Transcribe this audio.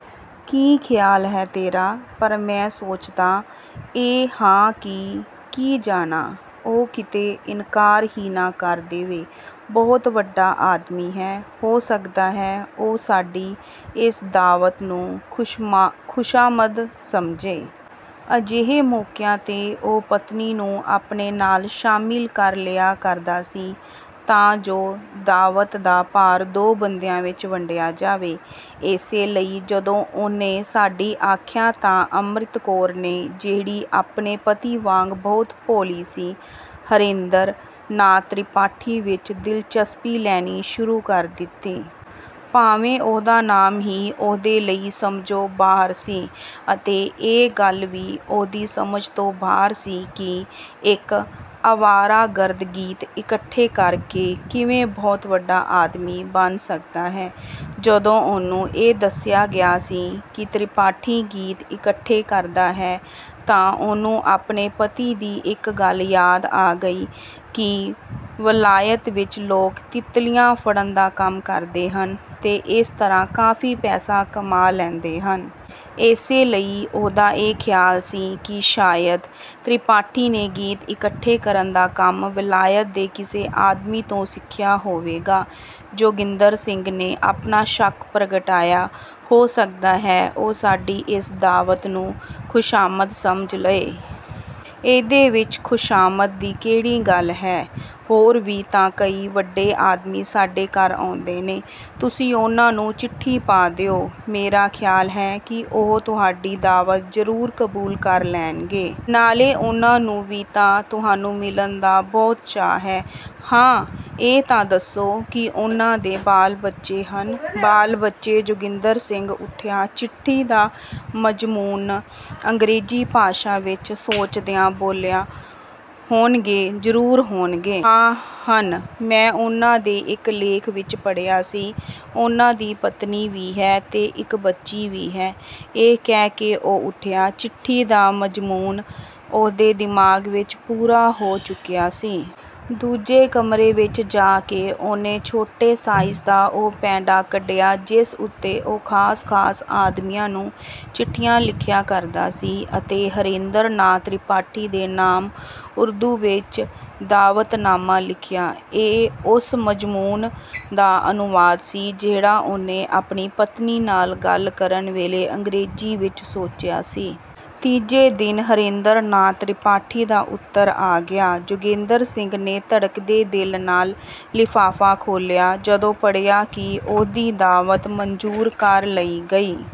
ਕੀ ਖਿਆਲ ਹੈ ਤੇਰਾ, ਪਰ ਮੈਂ ਸੋਚਦਾ ਇਹ ਹਾਂ ਕਿ ਕੀ ਜਾਣਾਂ, ਉਹ ਕਿਤੇ ਇਨਕਾਰ ਹੀ ਨਾ ਕਰ ਦੇਵੇ। ਬਹੁਤ ਵੱਡਾ ਆਦਮੀ ਹੈ। ਹੋ ਸਕਦਾ ਹੈ ਉਹ ਸਾਡੀ ਇਸ ਦਾਅਵਤ ਨੂੰ ਖੁਸ਼ਾਮਦ ਸਮਝੇ। ਅਜਿਹੇ ਮੌਕਿਆਂ ’ਤੇ ਉਹ ਪਤਨੀ ਨੂੰ ਆਪਣੇ ਨਾਲ ਸ਼ਾਮਿਲ ਕਰ ਲਿਆ ਕਰਦਾ ਸੀ ਤਾਂ ਜੋ ਦਾਅਵਤ ਦਾ ਭਾਰ ਦੋ ਬੰਦਿਆਂ ਵਿੱਚ ਵੰਡਿਆ ਜਾਵੇ। ਇਸੇ ਲਈ ਜਦੋਂ ਉਹਨੇ ਸਾਡੀ ਆਖਿਆ ਤਾਂ ਅੰਮ੍ਰਿਤ ਕੌਰ ਨੇ, ਜਿਹੜੀ ਆਪਣੇ ਪਤੀ ਵਾਂਗ ਬਹੁਤ ਭੋਲੀ ਸੀ, ਹਰੇਂਦਰ ਨਾਥ ਤ੍ਰਿਪਾਠੀ ਵਿੱਚ ਦਿਲਚਸਪੀ ਲੈਣੀ ਸ਼ੁਰੂ ਕਰ ਦਿੱਤੀ। ਭਾਵੇਂ ਉਹਦਾ ਨਾਮ ਹੀ ਉਹਦੇ ਲਈ ਸਮਝੋਂ ਬਾਹਰ ਸੀ ਅਤੇ ਇਹ ਗੱਲ ਵੀ ਉਹਦੀ ਸਮਝ ਤੋਂ ਬਾਹਰ ਸੀ ਕਿ ਇੱਕ ਅਵਾਰਾਗਰਦ, ਗੀਤ ਇਕੱਠੇ ਕਰ ਕੇ, ਕਿਵੇਂ ਬਹੁਤ ਵੱਡਾ ਆਦਮੀ ਬਣ ਸਕਦਾ ਹੈ। ਜਦੋਂ ਉਹਨੂੰ ਇਹ ਦੱਸਿਆ ਗਿਆ ਸੀ ਕਿ ਤ੍ਰਿਪਾਠੀ ਗੀਤ ਇਕੱਠੇ ਕਰਦਾ ਹੈ ਤਾਂ ਉਹਨੂੰ ਆਪਣੇ ਪਤੀ ਦੀ ਇੱਕ ਗੱਲ ਯਾਦ ਆ ਗਈ ਕਿ ਵਲਾਇਤ ਵਿੱਚ ਲੋਕ ਤਿਤਲੀਆਂ ਫੜਨ ਦਾ ਕੰਮ ਕਰਦੇ ਹਨ ਤੇ ਇਸ ਤਰ੍ਹਾਂ ਕਾਫੀ ਪੈਸਾ ਕਮਾ ਲੈਂਦੇ ਹਨ। ਇਸੇ ਲਈ ਉਹਦਾ ਇਹ ਖਿਆਲ ਸੀ ਕਿ ਸ਼ਾਇਦ ਤ੍ਰਿਪਾਠੀ ਨੇ ਗੀਤ ਇਕੱਠੇ ਕਰਨ ਦਾ ਕੰਮ ਵਲਾਇਤ ਦੇ ਕਿਸੇ ਆਦਮੀ ਤੋਂ ਸਿੱਖਿਆ ਹੋਵੇਗਾ। ਜੋਗਿੰਦਰ ਸਿੰਘ ਨੇ ਆਪਣਾ ਸ਼ੱਕ ਪ੍ਰਗਟਾਇਆ, ਹੋ ਸਕਦਾ ਹੈ ਉਹ ਸਾਡੀ ਇਸ ਦਾਅਵਤ ਨੂੰ ਖੁਸ਼ਾਮਦ ਸਮਝ ਲਏ। ਇਹਦੇ ਵਿੱਚ ਖੁਸ਼ਾਮਦ ਦੀ ਕਿਹੜੀ ਗੱਲ ਹੈ? ਹੋਰ ਵੀ ਤਾਂ ਕਈ ਵੱਡੇ ਆਦਮੀ ਸਾਡੇ ਘਰ ਆਉਂਦੇ ਨੇ। ਤੁਸੀਂ ਉਨ੍ਹਾਂ ਨੂੰ ਚਿੱਠੀ ਪਾ ਦਿਓ। ਮੇਰਾ ਖਿਆਲ ਹੈ ਕਿ ਉਹ ਤੁਹਾਡੀ ਦਾਅਵਤ ਜ਼ਰੂਰ ਕਬੂਲ ਕਰ ਲੈਣਗੇ। ਨਾਲੇ ਉਨ੍ਹਾਂ ਨੂੰ ਵੀ ਤਾਂ ਤੁਹਾਨੂੰ ਮਿਲਣ ਦਾ ਬਹੁਤ ਚਾਅ ਹੈ। ਹਾਂ, ਇਹ ਤਾਂ ਦੱਸੋ ਕੀ ਉਨ੍ਹਾਂ ਦੇ ਬਾਲ-ਬੱਚੇ ਹਨ? ਬਾਲ-ਬੱਚੇ! ਜੋਗਿੰਦਰ ਸਿੰਘ ਉਠਿਆ। ਚਿੱਠੀ ਦਾ ਮਜ਼ਮੂਨ ਅੰਗ੍ਰੇਜ਼ੀ ਭਾਸ਼ਾ ਵਿੱਚ ਸੋਚਦਿਆਂ ਬੋਲਿਆ, ਹੋਣਗੇ, ਜ਼ਰੂਰ ਹੋਣਗੇ। ਹਾਂ ਹਨ। ਮੈਂ ਉਨ੍ਹਾਂ ਦੇ ਇੱਕ ਲੇਖ ਵਿੱਚ ਪੜ੍ਹਿਆ ਸੀ, ਉਨ੍ਹਾਂ ਦੀ ਪਤਨੀ ਵੀ ਹੈ ਤੇ ਇੱਕ ਬੱਚੀ ਵੀ। ਇਹ ਕਹਿ ਕੇ ਉਹ ਉਠਿਆ, ਚਿੱਠੀ ਦਾ ਮਜ਼ਮੂਨ ਉਹਦੇ ਦਿਮਾਗ ਵਿੱਚ ਪੂਰਾ ਹੋ ਚੁੱਕਿਆ ਸੀ। ਦੂਜੇ ਕਮਰੇ ਵਿੱਚ ਜਾ ਕੇ ਉਹਨੇ ਛੋਟੇ ਸਾਈਜ਼ ਦਾ ਉਹ ਪੈਡ ਕੱਢਿਆ ਜਿਸ ਉੱਤੇ ਉਹ ਖਾਸ-ਖਾਸ ਆਦਮੀਆਂ ਨੂੰ ਚਿੱਠੀਆਂ ਲਿਖਿਆ ਕਰਦਾ ਸੀ ਅਤੇ ਹਰੇਂਦਰ ਨਾਥ ਤ੍ਰਿਪਾਠੀ ਦੇ ਨਾਮ ਉਰਦੂ ਵਿੱਚ ਦਾਅਵਤਨਾਮਾ ਲਿਖਿਆ। ਇਹ ਉਸ ਮਜ਼ਮੂਨ ਦਾ ਅਨੁਵਾਦ ਸੀ ਜਿਹੜਾ ਉਹਨੇ ਆਪਣੀ ਪਤਨੀ ਨਾਲ ਗੱਲ ਕਰਨ ਵੇਲੇ ਅੰਗ੍ਰੇਜ਼ੀ ਵਿੱਚ ਸੋਚਿਆ ਸੀ। ਤੀਜੇ ਦਿਨ ਹਰੇਂਦਰ ਨਾਥ ਤ੍ਰਿਪਾਠੀ ਦਾ ਉੱਤਰ ਆ ਗਿਆ। ਜੋਗਿੰਦਰ ਸਿੰਘ ਨੇ ਧੜਕਦੇ ਦਿਲ ਨਾਲ ਲਿਫ਼ਾਫ਼ਾ ਖੋਲ੍ਹਿਆ। ਜਦੋਂ ਪੜ੍ਹਿਆ ਕਿ ਉਹਦੀ ਦਾਅਵਤ ਮਨਜ਼ੂਰ ਕਰ ਲਈ ਗਈ